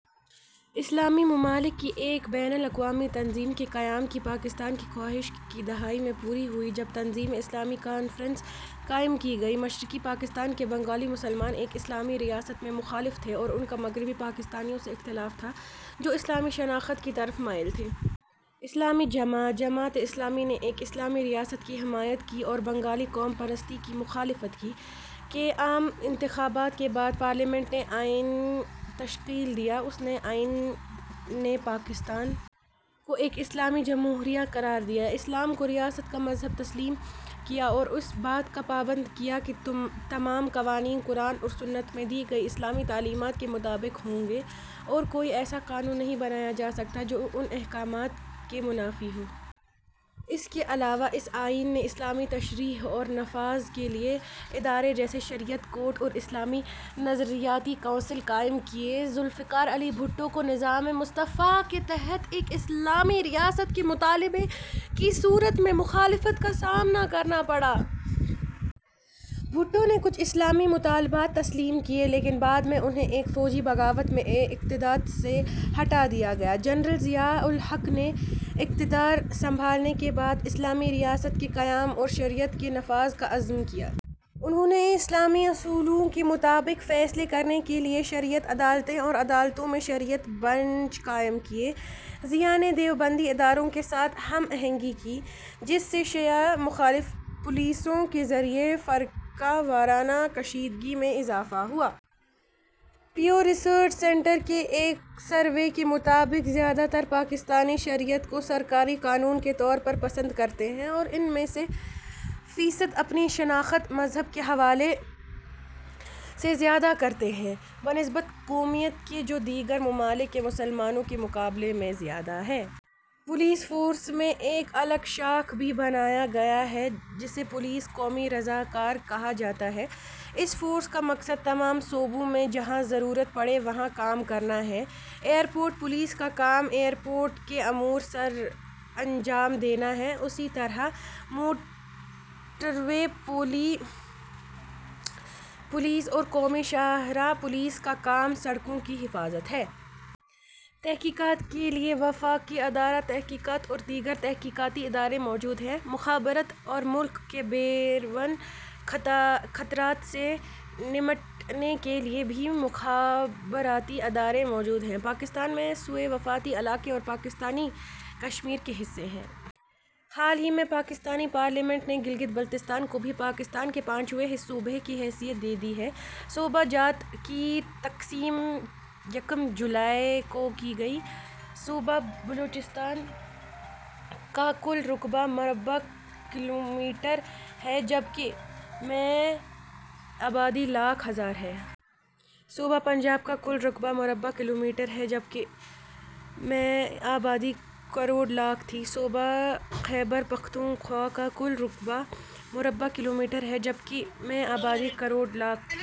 اسلامی ممالک کی ایک بین الاقوامی تنظیم کے قیام کی پاکستان کی خواہش کی دہائی میں پوری ہوئی جب تنظیمِ اسلامی کانفرنس قائم کی گئی۔ مشرقی پاکستان کے بنگالی مسلمان ایک اسلامی ریاست کے مخالف تھے اور ان کا مغربی پاکستانیوں سے اختلاف تھا جو اسلامی شناخت کی طرف مائل تھے۔ اسلامی جماعت، جماعتِ اسلامی نے ایک اسلامی ریاست کی حمایت کی اور بنگالی قوم پرستی کی مخالفت کی۔ کے عام انتخابات کے بعد، پارلیمنٹ نے کا آئین تشکیل دیا۔ اس آئین نے پاکستان کو ایک اسلامی جمہوریہ قرار دیا، اسلام کو ریاست کا مذہب تسلیم کیا اور اس بات کا پابند کیا کہ تمام قوانین قرآن اور سنت میں دی گئی اسلامی تعلیمات کے مطابق ہوں گے اور کوئی ایسا قانون نہیں بنایا جا سکتا جو ان احکامات کے منافی ہو۔ اس کے علاوہ، اس آئین نے اسلام کی تشریح اور نفاذ کے لیے ادارے جیسے شریعت کورٹ اور اسلامی نظریاتی کونسل قائم کیے۔ ذو الفقار علی بھٹو کو نظامِ مصطفیٰ کے تحت ایک اسلامی ریاست کے مطالبے کی صورت میں مخالفت کا سامنا کرنا پڑا۔ بھٹو نے کچھ اسلامی مطالبات تسلیم کیے، لیکن بعد میں انھیں ایک فوجی بغاوت میں اقتدار سے ہٹا دیا گیا۔ جنرل ضیاء الحق نے اقتدار سنبھالنے کے بعد اسلامی ریاست کے قیام اور شریعت کے نفاذ کا عزم کیا۔ انھوں نے اسلامی اصولوں کے مطابق فیصلے کرنے کے لیے شریعت عدالتیں اور عدالتوں میں شریعت بنچ قائم کیے۔ ضیاء نے دیوبندی اداروں کے ساتھ ہم آہنگی کی، جس سے شیعہ مخالف پالیسیوں کے ذریعے فرقہ وارانہ کشیدگی میں اضافہ ہوا۔ پیو ریسرچ سینٹر کے ایک سروے کے مطابق، زیادہ تر پاکستانی شریعت کو سرکاری قانون کے طور پر پسند کرتے ہیں اور ان میں سے فیصد اپنی شناخت مذہب کے حوالے سے زیادہ کرتے ہیں بنسبت قومیت کے، جو دیگر ممالک کے مسلمانوں کے مقابلے میں زیادہ ہے۔ پولیس فورس میں ایک الگ شاخ بھی بنایا گیا ہے جسے پولیس قومی رضا کار کہا جاتا ہے، اس فورس کا مقصد تمام صوبوں میں جہاں ضرورت پڑے وہاں کام کرنا ہے۔ ایئرپورٹ پولیس کا کام ایئرپورٹ کے امور سر انجام دینا ہے اسی طرح موٹروے پولیس اور قومی شاہراہ پولیس کا کام سڑکوں کی حفاظت ہے۔ تحقیقات کے لیے وفاقی ادارۂ تحقیقات اور دیگر تحقیقاتی ادارے موجود ہیں۔ مخابرات اور ملک کے بیرون خطرات سے نمٹنے کے لیے بھی مخابراتی ادارے موجود ہیں۔ پاکستان میں صوبے، وفاقی علاقے اور پاکستانی کشمیر کے حصے ہیں۔ حال ہی میں پاکستانی پارلیمنٹ نے گلگت بلتستان کو بھی پاکستان کے پانچویں صوبے کی حیثیت دے دی ہے۔ صوبہ جات کی تقسیم یکم جولائی ء کو کی گئی۔ صوبہ بلوچستان کا کل رقبہ مربع کلومیٹر ہے جبکہ ء میں آبادی لاکھ ہزار تھی۔ صوبہ پنجاب کا کل رقبہ مربع کلومیٹر ہے جبکہ ء میں آبادی کروڑ لاکھ تھی۔ صوبہ خیبر پختونخوا کا کل رقبہ مربع کلومیٹر ہے جبکہ ء میں آبادی کروڑ لاکھ تھی۔